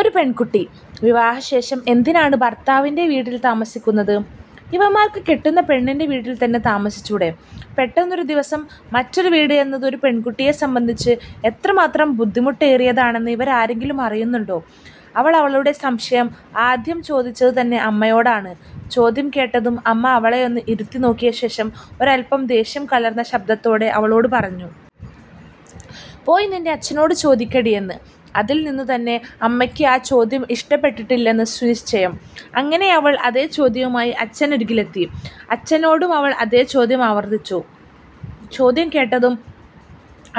ഒരു പെൺക്കുട്ടി, വിവാഹശേഷം എന്തിനാണ് ഭർത്താവിന്റെ വീട്ടിൽ താമസിക്കുന്നത്….??? ഇവന്മാർക്ക് കെട്ടുന്ന പെണ്ണിന്റെ വീട്ടിൽ തന്നെ താമസ്സിച്ചൂടെ…??? പെട്ടന്നൊരു ദിവസം മറ്റൊരു വീട് എന്നത് ഒരു പെൺക്കുട്ടിയേ സംബന്ധിച്ച് എത്രമാത്രം ബുദ്ധിമുട്ടെറിയതാണെന്ന് ഇവരാരെങ്കിലും അറിയുന്നുണ്ടോ…??? അവളവളുടെ സംശയം ആദ്യം ചോദിച്ചതു തന്നെ അമ്മയോടാണ്…, ചോദ്യം കേട്ടതും അമ്മ അവളെയൊന്ന് ഇരുത്തി നോക്കിയശേഷം ഒരൽപ്പം ദേഷ്യം കലർന്ന ശബ്ദത്തോടെ അവളോട് പറഞ്ഞു.., പോയി നിന്റെ അച്ഛനോടു ചോദിക്കടിയെന്ന്….! അതിൽ നിന്നു തന്നെ അമ്മക്ക് ആ ചോദ്യം ഇഷ്ടപ്പെട്ടിട്ടില്ലെന്ന് സുനിശ്ചയം…! അങ്ങിനെയവൾ അതെ ചോദ്യവുമായി അച്ഛനരുകിലെത്തി…, അച്ഛനോടുമവൾ അതെ ചോദ്യം ആവർത്തിച്ചു…, ചോദ്യം കേട്ടതും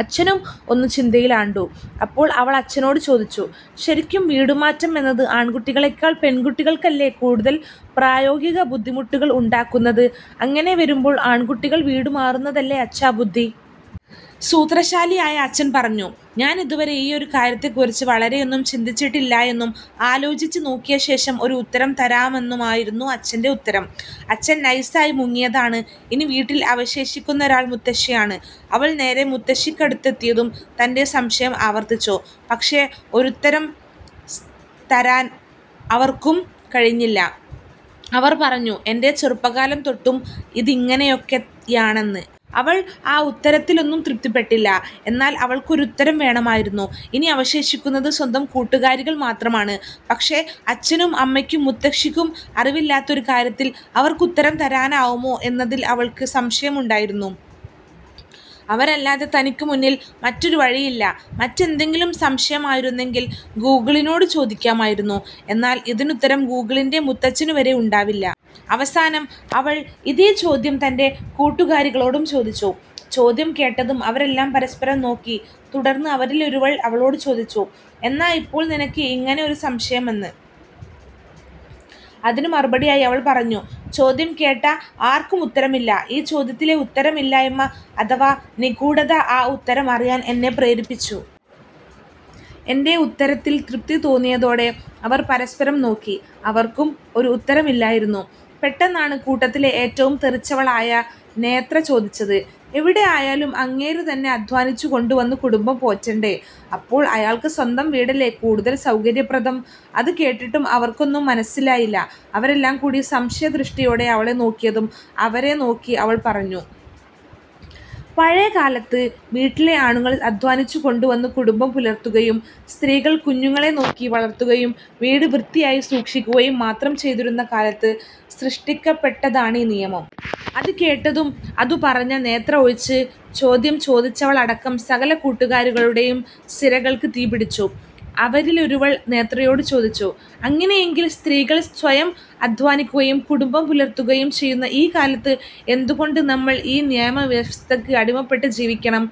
അച്ഛനും ഒന്നു ചിന്തയിലാണ്ടൂ…., അപ്പോൾ അവളച്ഛനോടു ചോദിച്ചു…., ശരിക്കും വീടുമാറ്റം എന്നത് ആൺക്കുട്ടികളേക്കാൾ പെൺക്കുട്ടികൾക്കല്ലെ കൂടുതൽ പ്രായോഗിക ബുദ്ധിമുട്ടുകൾ ഉണ്ടാക്കുന്നത് അങ്ങിനെ വരുമ്പോൾ ആൺക്കുട്ടികൾ വീടുമാറുന്നതല്ലെ അച്ഛാ ബുദ്ധി…??? സൂത്രശാലിയായ അച്ഛൻ പറഞ്ഞു ഞാനിതു വരെ ഈയൊരു കാര്യത്തെക്കുറിച്ച് വളരെയൊന്നും ചിന്തിച്ചിട്ടില്ലായെന്നും, ആലോചിച്ചു നോക്കിയ ശേഷം ഒരു ഉത്തരം തരാമെന്നുമായിരുന്നു അച്ഛന്റെ ഉത്തരം…! അച്ഛൻ നൈസായി മുങ്ങിയതാണ്….!! ഇനി വീട്ടിൽ അവശേഷിക്കുന്നൊരാൾ മുത്തശ്ശിയാണ്…, അവൾ നേരെ മുത്തശ്ശിക്കടുത്തെത്തിയും തന്റെ സംശയം ആവർത്തിച്ചു….! പക്ഷെ ഒരുത്തരം തരാൻ അവർക്കും കഴിഞ്ഞില്ല…, അവർ പറഞ്ഞു എന്റെ ചെറുപ്പക്കാലം തൊട്ടും ഇതിങ്ങനെയൊക്കെയാണെന്ന്…. അവൾ ആ ഉത്തരത്തിലൊന്നും തൃപ്തിപ്പെട്ടില്ല…, എന്നാൽ അവൾക്കൊരുത്തരം വേണമായിരുന്നു…, ഇനി അവശേഷിക്കുന്നത് സ്വന്തം കൂട്ടുക്കാരികൾ മാത്രമാണ് പക്ഷെ അച്ഛനും അമ്മക്കും മുത്തശ്ശിക്കും അറിവില്ലാത്ത ഒരു കാര്യത്തിൽ അവർക്കുത്തരം തരാനാവുമോ എന്നതിൽ അവൾക്ക് സംശയമുണ്ടായിരുന്നു…! അവരല്ലാതെ തനിക്കു മുന്നിൽ മറ്റൊരു വഴിയില്ല മറ്റെന്തെങ്കിലും സംശയമായിരുന്നെങ്കിൽ ഗൂഗിളിനോടു ചോദിക്കായിരുന്നു എന്നാൽ ഇതിനുത്തരം ഗൂഗിളിന്റെ മുത്തച്ഛനു വരെ ഉണ്ടാവില്ല…! അവസാനം അവൾ ഇതെ ചോദ്യം തന്റെ കൂട്ടുക്കാരികളോടും ചോദിച്ചു…!! ചോദ്യം കേട്ടതും അവരെല്ലാം പരസ്പരം നോക്കി തുടർന്ന് അവരിലൊരുവൾ അവളോടു ചോദിച്ചു.., എന്നാ ഇപ്പോൾ നിനക്ക് ഇങ്ങനെ ഒരു സംശയമെന്ന്..??? അതിനു മറുപടിയായി അവൾ പറഞ്ഞു ചോദ്യം കേട്ട ആർക്കും ഉത്തരമില്ല…, ഈ ചോദ്യത്തിലെ ഉത്തരമില്ലായ്മ അഥവ നിഗൂഢത ആ ഉത്തരം അറിയാൻ എന്നെ പ്രേരിപ്പിച്ചു…..! എന്റെ ഉത്തരത്തിൽ തൃപ്തി തോന്നിയതോടെ അവർ പരസ്പരം നോക്കി അവർക്കും ഒരു ഉത്തരമില്ലായിരുന്നു….! പെട്ടന്നാണ് കൂട്ടത്തിലെ ഏറ്റവും തെറിച്ചവളായ നേത്ര ചോദിച്ചത്…! എവിടെ ആയാലും അങ്ങേരു തന്നെ അദ്ധ്വാനിച്ചു കൊണ്ടു വന്നു കുടുംബം പോറ്റണ്ടേ…??? അപ്പോൾ അയാൾക്ക് സ്വന്തം വീടല്ലെ കൂടുതൽ സൗകര്യപ്രദം….??? അതു കേട്ടിട്ടും അവർക്കൊന്നും മനസിലായില്ല അവരെല്ലാം കൂടി സംശയദൃഷ്ടിയോടെ അവളെ നോക്കിയതും അവരെ നോക്കി അവൾ പറഞ്ഞു…, പഴയക്കാലത്ത്…, വീട്ടിലെ ആണുങ്ങൾ അദ്ധ്വാനിച്ചു കൊണ്ടുവന്നു കുടുംബം പുലർത്തുകയും…, സ്ത്രീകൾ കുഞ്ഞുങ്ങളെ നോക്കി വളർത്തുകയും വീട് വ്യത്തിയായി സൂക്ഷിക്കുകയും മാത്രം ചെയ്തിരുന്ന കാലത്ത് സൃഷ്ടിക്കപ്പെട്ടതാണീ നിയമം…!! അതു കേട്ടതും അതു പറഞ്ഞ നേത്ര ഒഴിച്ച് ചോദ്യം ചോദിച്ചവളടക്കം സകല കൂട്ടുക്കാരികളുടെയും സിരകൾക്ക് തീപിടിച്ചു…, അവരിലൊരുവൾ നേത്രയോടു ചോദിച്ചു അങ്ങിനെയെങ്കിൽ സ്ത്രീകൾ സ്വയം അദ്ധ്വാനിക്കുകയും കുടുംബം പുലർത്തുകയും ചെയ്യുന്ന ഈ കാലത്ത് എന്തു കൊണ്ട് നമ്മൾ ഈ നിയമവ്യവസ്ഥക്ക് അടിമപ്പെട്ട് ജീവിക്കണം…???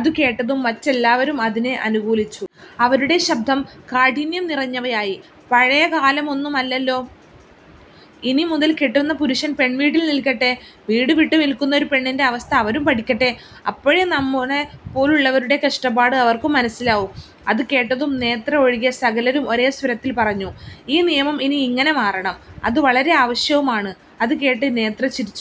അതു കേട്ടതും മറ്റെല്ലാവരും അതിനെ അനുകൂലിച്ചു…., അവരുടെ ശബ്ദം കാഠിന്യം നിറഞ്ഞവയായി…, പഴയക്കാലമൊന്നുമല്ലല്ലൊ…? ഇനി മുതൽ കെട്ടുന്ന പുരുഷൻ പെൺവീട്ടിൽ നിൽക്കട്ടെ വീടു വിട്ടു നിൽക്കുന്ന ഒരു പെണ്ണിന്റെ അവസ്ഥ അവരും പഠിക്കട്ടെ, അപ്പോഴെ നമ്മളെ പോലുള്ളവരുടെ കഷ്ടപ്പാട് അവർക്കും മനസിലാവൂ…! അതു കേട്ടതും നേത്ര ഒഴികെ സകലരും ഒരെ സ്വരത്തിൽ പറഞ്ഞു…, ഈ നിയമം ഇനി ഇങ്ങനെ മാറണം…!! അതു വളരെ ആവശ്യവുമാണ്….! അതു കേട്ട് നേത്ര ചിരിച്ചു